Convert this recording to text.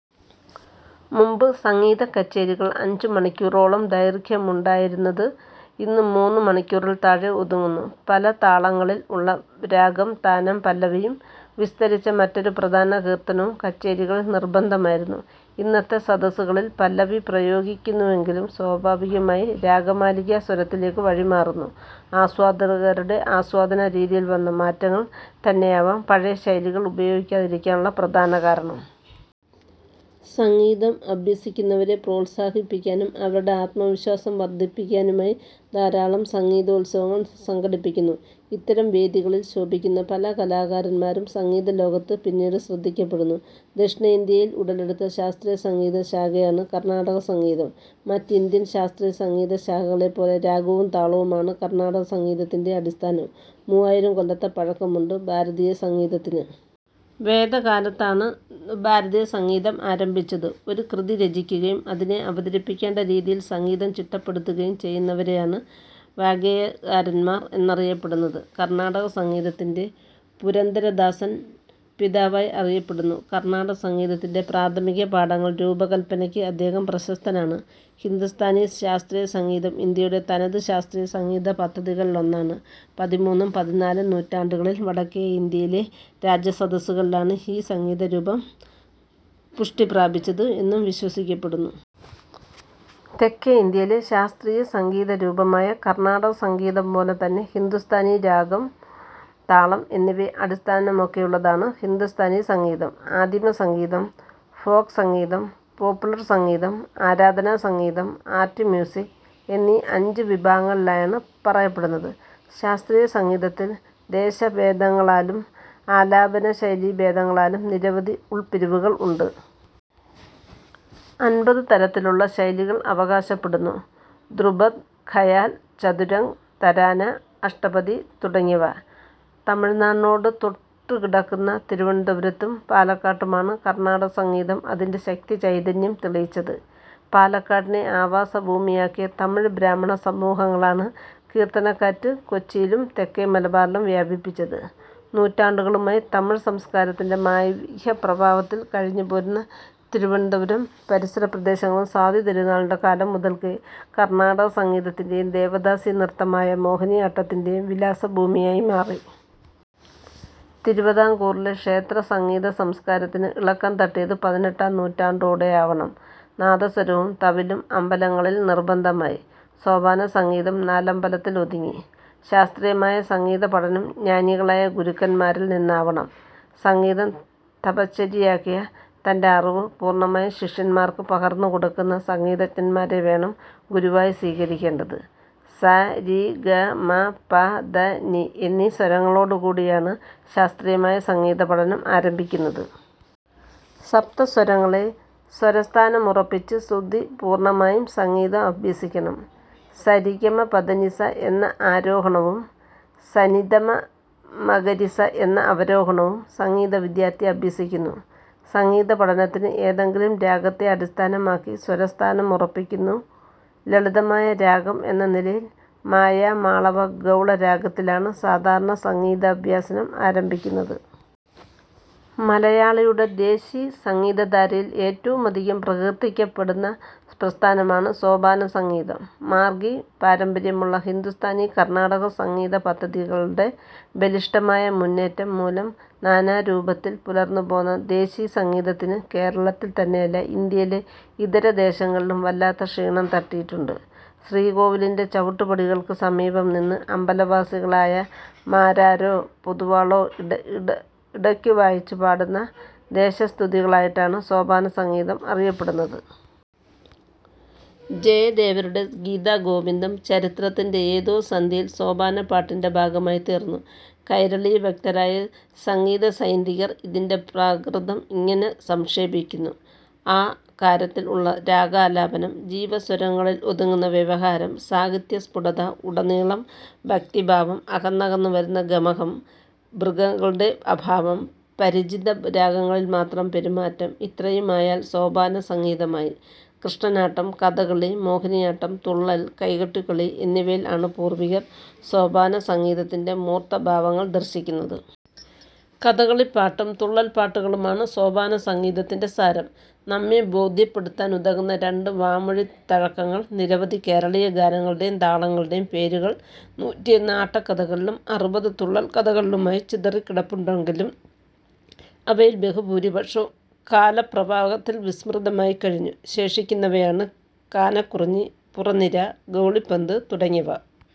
മുമ്പ് സംഗീതകച്ചേരികൾ അഞ്ചുമണിക്കൂറോളം ദൈർഘ്യമുണ്ടായിരുന്നത് ഇന്ന് മൂന്ന് മണിക്കൂറിൽ താഴെ ഒതുങ്ങുന്നു. പല താളങ്ങളിൽ ഉള്ള രാഗം താനം പല്ലവിയും വിസ്തരിച്ച മറ്റൊരു പ്രധാന കീർത്തനവും കച്ചേരികളിൽ നിർബന്ധമായിരുന്നു. ഇന്നത്തെ സദസ്സുകളിൽ പല്ലവി പ്രയോഗിക്കുന്നുവെങ്കിലും സ്വാഭാവികമായി രാഗമാലിക സ്വരത്തിലേക്ക് വഴിമാറുന്നു. ആസ്വാദകരുടെ ആസ്വാദനരീതിയിൽ വന്ന മാറ്റങ്ങൾ തന്നെയാവാം പഴയ ശൈലികൾ ഉപയോഗിക്കാതിരിക്കാനുള്ള പ്രധാന കാരണം. സംഗീതം അഭ്യസിക്കുന്നവരെ പ്രോത്സാഹിപ്പിക്കാനും അവരുടെ ആത്മവിശ്വാസം വർദ്ധിപ്പിക്കാനുമായി ധാരാളം സംഗീതോത്സവങ്ങൾ സംഘടിപ്പിക്കുന്നു. ഇത്തരം വേദികളിൽ ശോഭിക്കുന്ന പല കലാകാരന്മാരും സംഗീതലോകത്ത് പിന്നീട് ശ്രദ്ധിക്കപ്പെടുന്നു ദക്ഷിണേന്ത്യയിൽ ഉടലെടുത്ത ശാസ്ത്രീയസംഗീത ശാഖയാണ് കർണ്ണാടക സംഗീതം. മറ്റ് ഇന്ത്യൻ ശാസ്ത്രീയസംഗീത ശാഖകളെപ്പോലെ രാഗവും താളവുമാണ് കർണ്ണാടകസംഗീതത്തിന്റെയും അടിസ്ഥാനം. മൂവായിരം കൊല്ലത്തെ പഴക്കമുണ്ട് ഭാരതീയസംഗീതത്തിന്. വേദകാലത്താണ് ഭാരതീയസംഗീതം ആരംഭിച്ചത്. ഒരു കൃതി രചിക്കുകയും അതിനെ അവതരിപ്പിക്കേണ്ട രീതിയിൽ സംഗീതം ചിട്ടപ്പെടുത്തുകയും ചെയ്യുന്നവരെയാണ് വാഗ്ഗേയകാരന്മാർ എന്നറിയപ്പെടുന്നത്. കർണാടകസംഗീതത്തിന്റെ പുരന്ദരദാസൻ പിതാവായി അറിയപ്പെടുന്നു. കർണാടകസംഗീതത്തിന്റെ പ്രാഥമികപാഠങ്ങൾ രൂപകൽപ്പനയ്ക്ക് അദ്ദേഹം പ്രശസ്തനാണ്. ഹിന്ദുസ്ഥാനി ശാസ്ത്രീയ സംഗീതം ഇന്ത്യയുടെ തനതു ശാസ്ത്രീയ സംഗീത പദ്ധതികളിലൊന്നാണ്. പതിമൂന്നും പതിനാലും നൂറ്റാണ്ടുകളിൽ വടക്കേ ഇന്ത്യയിലെ രാജ സദസ്സുകളിലാണ് ഈ സംഗീത രൂപം പുഷ്ടി പ്രാപിച്ചത് എന്നു വിശ്വസിക്കപ്പെടുന്നു. തെക്കേ ഇന്ത്യയിലെ ശാസ്ത്രീയ സംഗീത രൂപമായ കർണാടക സംഗീതം പോലെ തന്നെ ഹിന്ദുസ്ഥാനിയും രാഗം, താളം എന്നിവയെ അടിസ്ഥാനമാക്കിയുള്ളതാണ്. ഹിന്ദുസ്ഥാനി സംഗീതം ആദിമസംഗീതം, ഫോക്സംഗീതം, പോപ്പുലർ സംഗീതം, ആരാധനാ സംഗീതം, ആർട്ട് മ്യൂസിക് എന്നീ അഞ്ചു വിഭാഗങ്ങളിലായാണ് പറയപ്പെടുന്നത്. ശാസ്ത്രീയസംഗീതത്തിൽ ദേശഭേദങ്ങളാലും ആലാപനശൈലീഭേദങ്ങളാലും നിരവധി ഉൾപ്പിരിവുകൾ ഉണ്ട്. അൻപത് തരത്തിലുള്ള ശൈലികൾ അവകാശപ്പെടുന്നു. ധ്രുപദ്, ഖയാൽ, ചതുരംഗ്, തരാന, അഷ്ടപദി തുടങ്ങിയവ. തമിഴ്നാടിനോട് തൊട്ട്കിടക്കുന്ന തിരുവനന്തപുരത്തും പാലക്കാട്ടുമാണ് കർണാടക സംഗീതം അതിന്റെ ശക്തി ചൈതന്യം തെളിയിച്ചത്. പാലക്കാടിനെ ആവാസഭൂമിയാക്കിയ തമിഴ് ബ്രാഹ്മണ സമൂഹങ്ങളാണ് 'കീർത്തനക്കാറ്റ്' കൊച്ചിയിലും തെക്കേ മലബാറിലും വ്യാപിപ്പിച്ചത്. നൂറ്റാണ്ടുകളായി തമിഴ് സംസ്കാരത്തിന്റെ മായികപ്രഭാവത്തിൽ കഴിഞ്ഞ്പോരുന്ന തിരുവനന്തപുരവും പരിസര പ്രദേശങ്ങളും സ്വാതി തിരുനാളിന്റെ കാലം മുതൽക്ക് കർണാടകസംഗീതത്തിന്റെയും ദേവദാസി നൃത്തമായ മോഹിനിയാട്ടത്തിന്റെയും വിലാസഭൂമിയായി മാറി. തിരുവിതാംകൂറിലെ ക്ഷേത്രസംഗീതസംസ്കാരത്തിന് ഇളക്കം തട്ടിയത് പതിനെട്ടാം നൂറ്റാണ്ടോടെയാവണം. നാദസ്വരവും തവിലും അമ്പലങ്ങളിൽ നിർബന്ധമായി. സോപാന സംഗീതം നാലമ്പലത്തിൽ ഒതുങ്ങി. ശാസ്ത്രീയമായ സംഗീതപഠനം ജ്ഞാനികളായ ഗുരുക്കൻമാരിൽ നിന്നാവണം. സംഗീതം തപശ്ചര്യയാക്കിയ തന്റെ അറിവ് പൂർണമായും ശിഷ്യൻമാർക്ക് പകർന്നുകൊടുക്കുന്ന സംഗീതജ്ഞൻമാരേ വേണം ഗുരുവായി സ്വീകരിക്കേണ്ടത്. സ, രി ,ഗ, മ ,പ ,ധ ,നി എന്ന സ്വരങ്ങളോടുകൂടിയാണ് ശാസ്ത്രീയമായ സംഗീതപഠനം ആരംഭിക്കുന്നത്. സപ്ത സ്വരങ്ങളെ സ്വരസ്ഥാനമുറപ്പിച്ച് ശ്രുതി പൂർണമായി സംഗീതം അഭ്യസിക്കണം. സരിഗമപധനിസ എന്ന ആരോഹണവും സനിധപമഗരിസ എന്ന അവരോഹണവും സംഗീത വിദ്യാർത്ഥി അഭ്യസിക്കുന്നു. സംഗീത പഠനത്തിന് ഏതെങ്കിലും രാഗത്തെ അടിസ്ഥാനമാക്കി സ്വരസ്ഥാനമുറപ്പിക്കുന്നു. ലളിതമായ രാഗം എന്ന നിലയിൽ മായാമാളവ ഗൗള രാഗത്തിലാണ് സാധാരണ സംഗീതാഭ്യസനം ആരംഭിക്കുന്നത്. മലയാളിയുടെ 'ദേശി' സംഗീതധാരയിൽ ഏറ്റവുമധികം പ്രകീർത്തിക്കപ്പെടുന്ന പ്രസ്ഥാനമാണ് സോപാനസംഗീതം. 'മാർഗി' പാരമ്പര്യമുള്ള ഹിന്ദുസ്ഥാനി-കർണാടക സംഗീത പദ്ധതികളുടെ ബലിഷ്ടമായ മുന്നേറ്റം മൂലം നാനാരൂപത്തിൽ പുലർന്നുപോന്ന 'ദേശി' സംഗീതത്തിന് കേരളത്തിൽതന്നെയല്ല ഇന്ത്യയിലെ ഇതരദേശങ്ങളിലും വല്ലാത്ത ക്ഷീണം തട്ടിയിട്ടുണ്ട്. ശ്രീകോവിലിന്റെ ചവിട്ടുപടികൾക്ക് സമീപം നിന്ന് അമ്പലവാസികളായ മാരാരോ പൊതുവാളോ ഇടക്ക് വായിച്ച് പാടുന്ന ദേവതാസ്തുതികളായിട്ടാണ് സോപാന സംഗീതം അറിയപ്പെടുന്നത്. ജയദേവരുടെ ഗീതാഗോവിന്ദം ചരിത്രത്തിന്റെ ഏതോ സന്ധിയിൽ സോപാനപ്പാട്ടിന്റെ ഭാഗമായി തീർന്നു. കൈരളീഭക്തരായ സംഗീതസൈദ്ധാന്തികർ ഇതിന്റെ പ്രകൃതം ഇങ്ങനെ സംക്ഷേപിക്കുന്നു. 'അ' കാരത്തിൽ ഉള്ള രാഗാലാപനം, ജീവസ്വരങ്ങളിൽ ഒതുങ്ങുന്ന വ്യവഹാരം, സാഹിത്യ സ്ഫുടത, ഉടനീളം ഭക്തിഭാവം, അകന്നകന്ന് വരുന്ന ഗമകം,'ഭൃഗ'കളുടെ അഭാവം, പരിചിത രാഗങ്ങളിൽ മാത്രം പെരുമാറ്റം ഇത്രയുമായാൽ സോപാന സംഗീതമായി. കൃഷ്ണനാട്ടം, കഥകളി, മോഹിനിയാട്ടം, തുള്ളൽ, കൈകൊട്ടിക്കളി എന്നിവയിൽ ആണ് പൂർവികർ സോപാനസംഗീതത്തിന്റെ മൂർത്തഭാവങ്ങൾ ദർശിക്കുന്നത്. കഥകളിപ്പാട്ടും തുള്ളൽപ്പാട്ടുകളുമാണ് സോപാനസംഗീതത്തിന്റെ സാരം നമ്മെ ബോദ്ധ്യപ്പെടുത്താനുതകുന്ന രണ്ട് വാമൊഴിത്തഴക്കങ്ങൾ. നിരവധി കേരളീയ ഗാനങ്ങളുടെയും താളങ്ങളുടെയും പേരുകൾ നൂറ്റിയൊന്ന് ആട്ടക്കഥകളിലും അറുപത് തുള്ളൽക്കഥകളിലുമായി ചിതറിക്കിടപ്പുണ്ടെങ്കിലും അവയിൽ ബഹുപൂരിപക്ഷവും കാലപ്രവാഹത്തിൽ വിസ്മൃതമായി കഴിഞ്ഞു. ശേഷിക്കുന്നവയാണ് കാനക്കുറിഞ്ഞി, പുറനിര, ഗൌളിപന്ത് തുടങ്ങിയവ